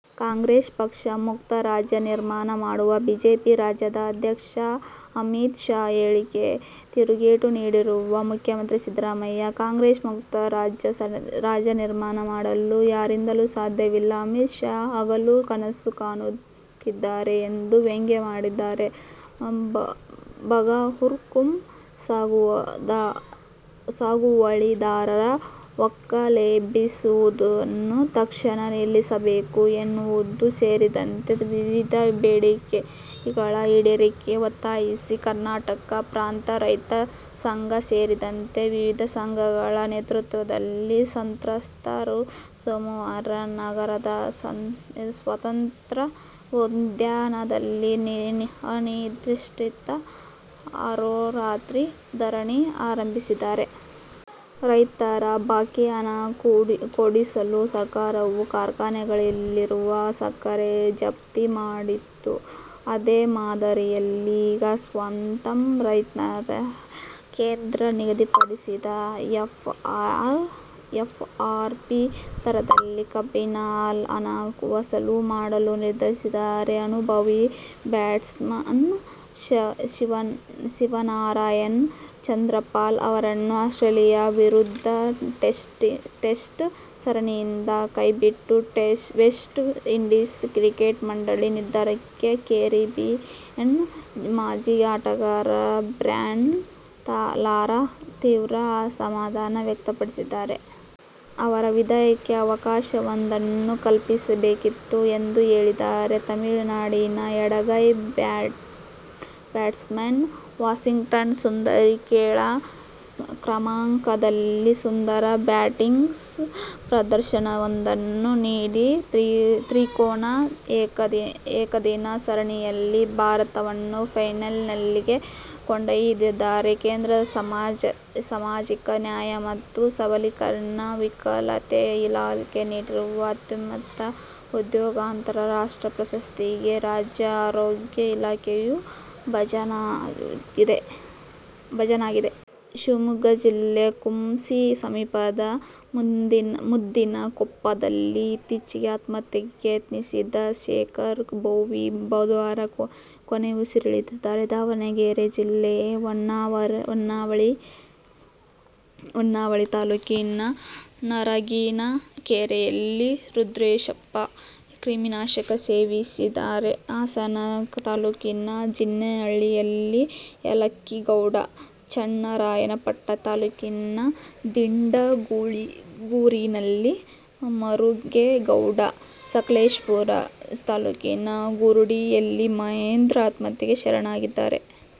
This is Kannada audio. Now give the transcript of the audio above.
ಕಾಂಗ್ರೆಸ್ ಪಕ್ಷ ಮುಕ್ತ ರಾಜ್ಯ ನಿರ್ಮಾಣ ಮಾಡುವ ಬಿಜೆಪಿ ರಾಷ್ಟ್ರೀಯ ಅದ್ಯಕ್ಷ ಅಮಿತ್ ಶಾ ಹೇಳಿಕೆ ತಿರುಗೇಟು ನೀಡಿರುವ ಮುಖ್ಯಮಂತ್ರಿ ಸಿದ್ದರಾಮಯ್ಯ, ಕಾಂಗ್ರೆಸ್ ಮುಕ್ತ ರಾಜ್ಯ ನಿರ್ಮಾಣ ಮಾಡಲು ಯಾರಿಂದಲೂ ಸಾಧ್ಯವಿಲ್ಲ. ಅಮಿತ್ ಶಾ ಹಗಲು ಗನಸು ಕಾಣುತ್ತಿದ್ದಾರೆ ಎಂದು ವ್ಯಂಗ್ಯವಾಡಿದ್ದಾರೆ. ಬಗರ್ಹುಕುಂ ಸಾಗುವಳಿದಾರರ ಒಕ್ಕಲೆಬ್ಬಿಸುವುದನ್ನು ತಕ್ಷಣ ನಿಲ್ಲಿಸಬೇಕು ಎನ್ನುವುದು ಸೇರಿದಂತೆ ವಿವಿಧ ಬೇಡಿಕೆಗಳ ಈಡೇರಿಕೆಗೆ ಒತ್ತಾಯಿಸಿ ಕರ್ನಾಟಕ ಪ್ರಾಂತ ರೈತ ಸಂಘ ಸೇರಿದಂತೆ ವಿವಿಧ ಸಂಘಟನೆಗಳ ನೇತೃತ್ವದಲ್ಲಿ ಸಂತ್ರಸ್ತರು ಸೋಮವಾರ ನಗರದ ಸ್ವಾತಂತ್ರ್ಯ ಉದ್ಯಾನದಲ್ಲಿ ಅನಿರ್ದಿಷ್ಟ ಅಹೋರಾತ್ರಿ ಧರಣಿ ಆರಂಭಿಸಿದ್ದಾರೆ. ರೈತರ ಬಾಕಿ ಹಣ ಕೊಡಿಸಲು ಸರ್ಕಾರವು ಕಾರ್ಖಾನೆಗಳಲ್ಲಿರುವ ಸಕ್ಕರೆ ಜಪ್ತಿ ಮಾಡಿತ್ತು. ಇದೇ ಮಾದರಿಯಲ್ಲಿ ಈಗ ಸ್ವತಃ ರೈತರೇ ಕೇಂದ್ರ ನಿಗದಿಪಡಿಸಿದ ಎಫ್ಆರ್ಪಿ ದರದಲ್ಲಿ ಕಬ್ಬಿನ ಹಣ ವಸೂಲು ಮಾಡಲು ನಿರ್ಧರಿಸಿದ್ದಾರೆ. ಅನುಭವಿ ಬ್ಯಾಟ್ಸ್ಮನ್ ಶಿವನಾರಾಯಣ್ ಚಂದರ್ಪಾಲ್ ಅವರನ್ನು ಆಸ್ಟ್ರೇಲಿಯ ವಿರುದ್ಧದ ಟೆಸ್ಟ್ ಸರಣಿಯಿಂದ ಕೈಬಿಟ್ಟ ವೆಸ್ಟ್ ಇಂಡೀಸ್ ಕ್ರಿಕೆಟ್ ಮಂಡಳಿ ನಿರ್ಧಾರಕ್ಕೆ ಕೆರಿಬಿಯನ್ನ ಮಾಜಿ ಆಟಗಾರ ಬ್ರ್ಯಾನ್ ಲಾರಾ ತೀವ್ರ ಅಸಮಾಧಾನ ವ್ಯಕ್ತಪಡಿಸಿದ್ದಾರೆ. ಅವರ ವಿದಾಯಕ್ಕೆ ಅವಕಾಶವೊಂದನ್ನು ಕಲ್ಪಿಸಬೇಕಿತ್ತು ಎಂದು ಹೇಳಿದ್ದಾರೆ. ತಮಿಳುನಾಡಿನ ಎಡಗೈ ಬ್ಯಾಟ್ಸ್ಮನ್ ವಾಷಿಂಗ್ಟನ್ ಸುಂದರ್ ಕೆಳ ಕ್ರಮಾಂಕದಲ್ಲಿ ಸುಂದರ ಬ್ಯಾಟಿಂಗ್ ಪ್ರದರ್ಶನವೊಂದನ್ನು ನೀಡಿ ತ್ರಿಕೋನ ಏಕದಿನ ಸರಣಿಯಲ್ಲಿ ಭಾರತವನ್ನು ಫೈನಲಿಗೆ ಕೊಂಡೊಯ್ದಿದ್ದಾರೆ. ಕೇಂದ್ರ ಸಮಾಜಿಕ ನ್ಯಾಯ ಮತ್ತು ಸಬಲೀಕರಣ ವಿಕಲತೆ ಇಲಾಖೆ ನೀಡುವ "ಅತ್ಯುತ್ತಮ ಉದ್ಯೋಗದಾತ ರಾಷ್ಟ್ರ ಪ್ರಶಸ್ತಿಗೆ' ರಾಜ್ಯ ಆರೋಗ್ಯ ಇಲಾಖೆಯು ಭಾಜನವಾಗಿದೆ. ಶಿವಮೊಗ್ಗ ಜಿಲ್ಲೆ ಕುಂಸಿ ಸಮೀಪದ ಮುದ್ದಿನಕೊಪ್ಪದಲ್ಲಿ ಇತ್ತೀಚೆಗೆ ಆತ್ಮಹತ್ಯೆಗೆ ಯತ್ನಿಸಿದ್ದ ಶೇಖರ ಬೋವಿ ಬುಧವಾರ ಕೊನೆಯುಸಿರೆಳೆದರು. ದಾವಣಗೆರೆ ಜಿಲ್ಲೆ ಹೊನ್ನಾಳಿ ತಾಲೂಕಿನ ನರಗಿನಕೆರೆಯಲ್ಲಿ ರುದ್ರೇಶಪ್ಪ ಕ್ರಿಮಿನಾಶಕ ಸೇವಿಸಿದ್ದಾರೆ. ಹಾಸನ ತಾಲೂಕು ಜಿನ್ನಹಳ್ಳಿಯಲ್ಲಿ ಯಾಲಕ್ಕಿಗೌಡ, ಚನ್ನರಾಯಪಟ್ಟನ ತಾಲೂಕಿನ ದಿಂಡಗೂರಿನಲ್ಲಿ ಮರುಗೇಗೌಡ, ಸಕಲೇಶಪುರ ತಾಲೂಕಿನ ಗುರುಡಿಯಲ್ಲಿ ಮಹೇಂದ್ರ ಆತ್ಮಹತ್ಯೆಗೆ ಶರಣಾಗಿದ್ದಾರೆ.